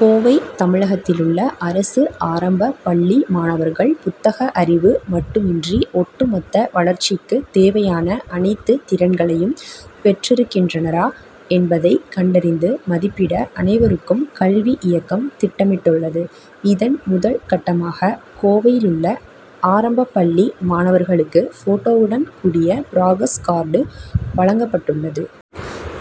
கோவை தமிழகத்திலுள்ள அரசு ஆரம்பப் பள்ளி மாணவர்கள் புத்தக அறிவு மட்டுமின்றி, ஒட்டுமொத்த வளர்ச்சிக்குத் தேவையான அனைத்து திறன்களையும் பெற்றிருக்கின்றனரா, என்பதை கண்டறிந்து மதிப்பிட, அனைவருக்கும் கல்வி இயக்கம் திட்டமிட்டுள்ளது. இதன் முதல் கட்டமாக, கோவையிலுள்ள ஆரம்பப்பள்ளி மாணவர்களுக்கு போட்டோவுடன் கூடிய புராகிரஸ் கார்டு வழங்கப்பட்டுள்ளது.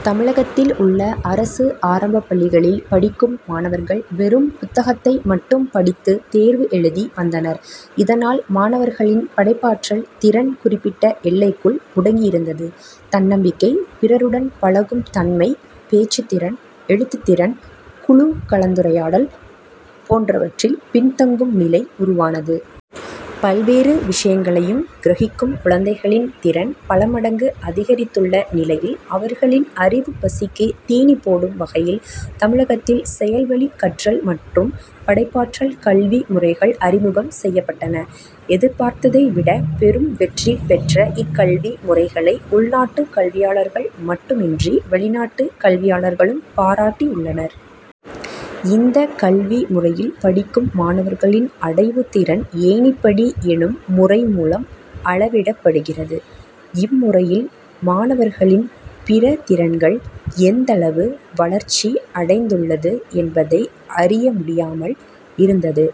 தமிழகத்தில் உள்ள அரசு ஆரம்பப்பள்ளிகளில் படிக்கும் மாணவர்கள் வெறும் புத்தகத்தை மட்டும் படித்து தேர்வு எழுதி வந்தனர். இதனால், மாணவர்களின் படைப்பாற்றல் திறன் குறிப்பிட்ட எல்லைக்குள் முடங்கியிருந்தது. தன்னம்பிக்கை, பிறருடன் பழகும் தன்மை, பேச்சுத் திறன், எழுத்துத் திறன், குழு கலந்துரையாடல் போன்றவற்றில் பின்தங்கும் நிலை உருவானது. பல்வேறு விஷயங்களையும் கிரகிக்கும் குழந்தைகளின் திறன் பலமடங்கு அதிகரித்துள்ள நிலையில், அவர்களின் அறிவுப்பசிக்கு தீனி போடும் வகையில் தமிழகத்தில் செயல்வழிக் கற்றல் மற்றும் படைப்பாற்றல் கல்வி முறைகள் அறிமுகம் செய்யப்பட்டன. எதிர்பார்த்ததை விட பெரும் வெற்றி பெற்ற இக்கல்வி முறைகளை, உள்நாட்டு கல்வியாளர்கள் மட்டுமின்றி வெளிநாட்டு கல்வியாளர்களும் பாராட்டியுள்ளனர். இந்த கல்வி முறையில் படிக்கும் மாணவர்களின் அடைவுத்திறன் ஏணிப்படி எனும் முறை மூலம் அளவிடப்படுகிறது. இம்முறையில் மாணவர்களின் பிற திறன்கள் எந்தளவு வளர்ச்சி அடைந்துள்ளது, என்பதை அறிய முடியாமல் இருந்தது.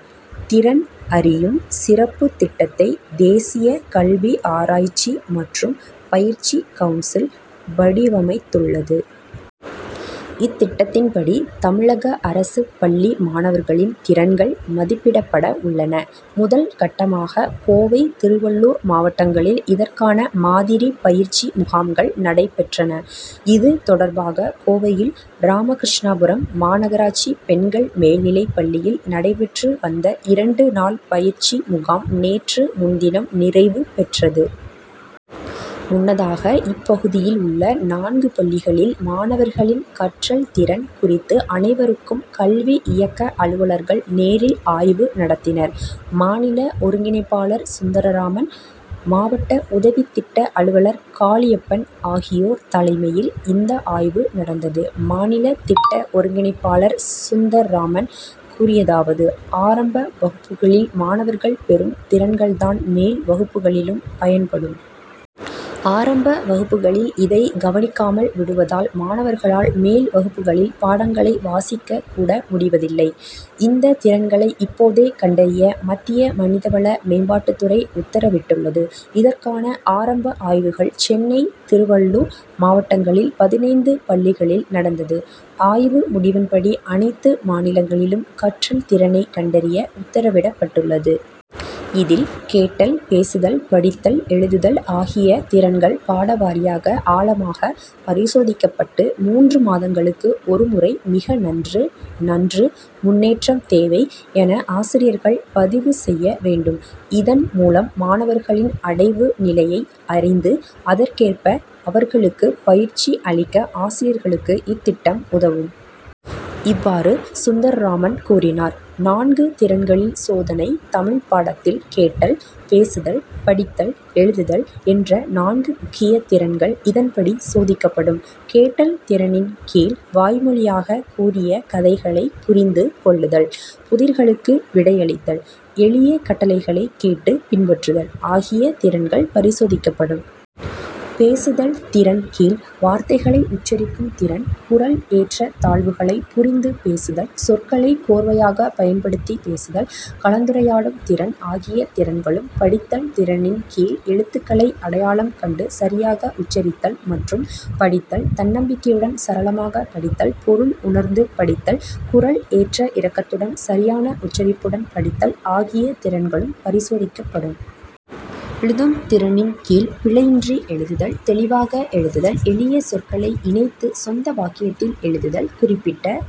திறன் அறியும் சிறப்புத் திட்டத்தை தேசியக் கல்வி, ஆராய்ச்சி மற்றும் பயிற்சி கவுன்சில் வடிவமைத்துள்ளது. இத்திட்டத்தின்படி, தமிழக அரசுப் பள்ளி மாணவர்களின் திறன்கள் மதிப்பிடப்படவுள்ளன. முதல் கட்டமாக கோவை, திருவள்ளூர் மாவட்டங்களில் இதற்கான மாதிரி பயிற்சி முகாம்கள் நடைபெற்றன. இது தொடர்பாக கோவையில் ராமகிருஷ்ணாபுரம் மாநகராட்சி பெண்கள் மேல்நிலைப்பள்ளியில் நடைபெற்று வந்த இரண்டு நாள் பயிற்சி முகாம் நேற்று முன்தினம் நிறைவு பெற்றது. முன்னதாக இப்பகுதியில் உள்ள நான்கு பள்ளிகளில் மாணவர்களின் கற்றல் திறன் குறித்து அனைவருக்கும் கல்வி இயக்க அலுவலர்கள் நேரில் ஆய்வு நடத்தினர். மாநில ஒருங்கிணைப்பாளர் சுந்தர்ராமன், மாவட்ட உதவி திட்ட அலுவலர் காளியப்பன் ஆகியோர் தலைமையில் இந்த ஆய்வு நடந்தது. மாநில திட்ட ஒருங்கிணைப்பாளர் சுந்தர்ராமன் கூறியதாவது ஆரம்ப வகுப்புகளில் மாணவர்கள் பெறும் திறன்கள்தான் மேல்வகுப்புகளிலும் பயன்படும். ஆரம்ப வகுப்புகளில் இதை கவனிக்காமல் விடுவதால் மாணவர்களால் மேல் வகுப்புகளில் பாடங்களை வாசிக்கக் கூட முடிவதில்லை. இந்த திறன்களை இப்போதே கண்டறிய மத்திய மனிதவள மேம்பாட்டுத்துறை உத்தரவிட் டுள்ளது. இதற்கான ஆரம்ப ஆய்வுகள் சென்னை, திருவளளூர் மாவட்டங்களில் பதினைந்து பள்ளிகளில் நடந்தது. ஆய்வு முடிவின்படி அனைத்து மாநிலங்களிலும் கற்றல் திறனை கண்டறிய உத்தரவிடப்பட்டுள்ளது. இதில் கேட்டல், பேசுதல், படித்தல், எழுதுதல் ஆகிய திறன்கள் பாடவாரியாக ஆழமாக பரிசோதிக்கப்பட்டு மூன்று மாதங்களுக்கு ஒருமுறை மிக நன்று, நன்று, முன்னேற்றம் தேவை என ஆசிரியர்கள் பதிவு செய்ய வேண்டும். இதன் மூலம் மாணவர்களின் அடைவு நிலையை அறிந்து அதற்கேற்ப அவர்களுக்கு பயிற்சி அளிக்க ஆசிரியர்களுக்கு இத்திட்டம் உதவும். இவ்வாறு, சுந்தர்ராமன் கூறினார். நான்கு திறன்களில் சோதனை தமிழ் பாடத்தில் கேட்டல், பேசுதல், படித்தல், எழுதுதல் என்ற நான்கு முக்கிய திறன்கள் இதன்படி சோதிக்கப்படும். கேட்டல் திறனின் கீழ், வாய்மொழியாக கூறிய கதைகளை புரிந்து கொள்ளுதல், புதிர்களுக்கு விடையளித்தல், எளிய கட்டளைகளை கேட்டு பின்பற்றுதல் ஆகிய திறன்கள் பரிசோதிக்கப்படும். பேசுதல் திறன் கீழ், வார்த்தைகளை உச்சரிக்கும் திறன், குரல் ஏற்ற தாழ்வுகளை புரிந்து பேசுதல், சொற்களை கோர்வையாக பயன்படுத்தி பேசுதல், கலந்துரையாடும் திறன் ஆகிய திறன்களும், படித்தல் திறனின் கீழ், எழுத்துக்களை அடையாளம் கண்டு சரியாக உச்சரித்தல் மற்றும் படித்தல், தன்னம்பிக்கையுடன் சரளமாக படித்தல், பொருள் உணர்ந்து படித்தல், குரல் ஏற்ற இறக்கத்துடன் சரியான உச்சரிப்புடன் படித்தல் ஆகிய திறன்களும் பரிசோதிக்கப்படும். ழுதும் திறனின் கீழ், பிழையின்றி எழுதுதல், தெளிவாக எழுதுதல், எளிய சொற்களை இணைத்து சொந்த வாக்கியத்தில் எழுதுதல், குறிப்பிட்ட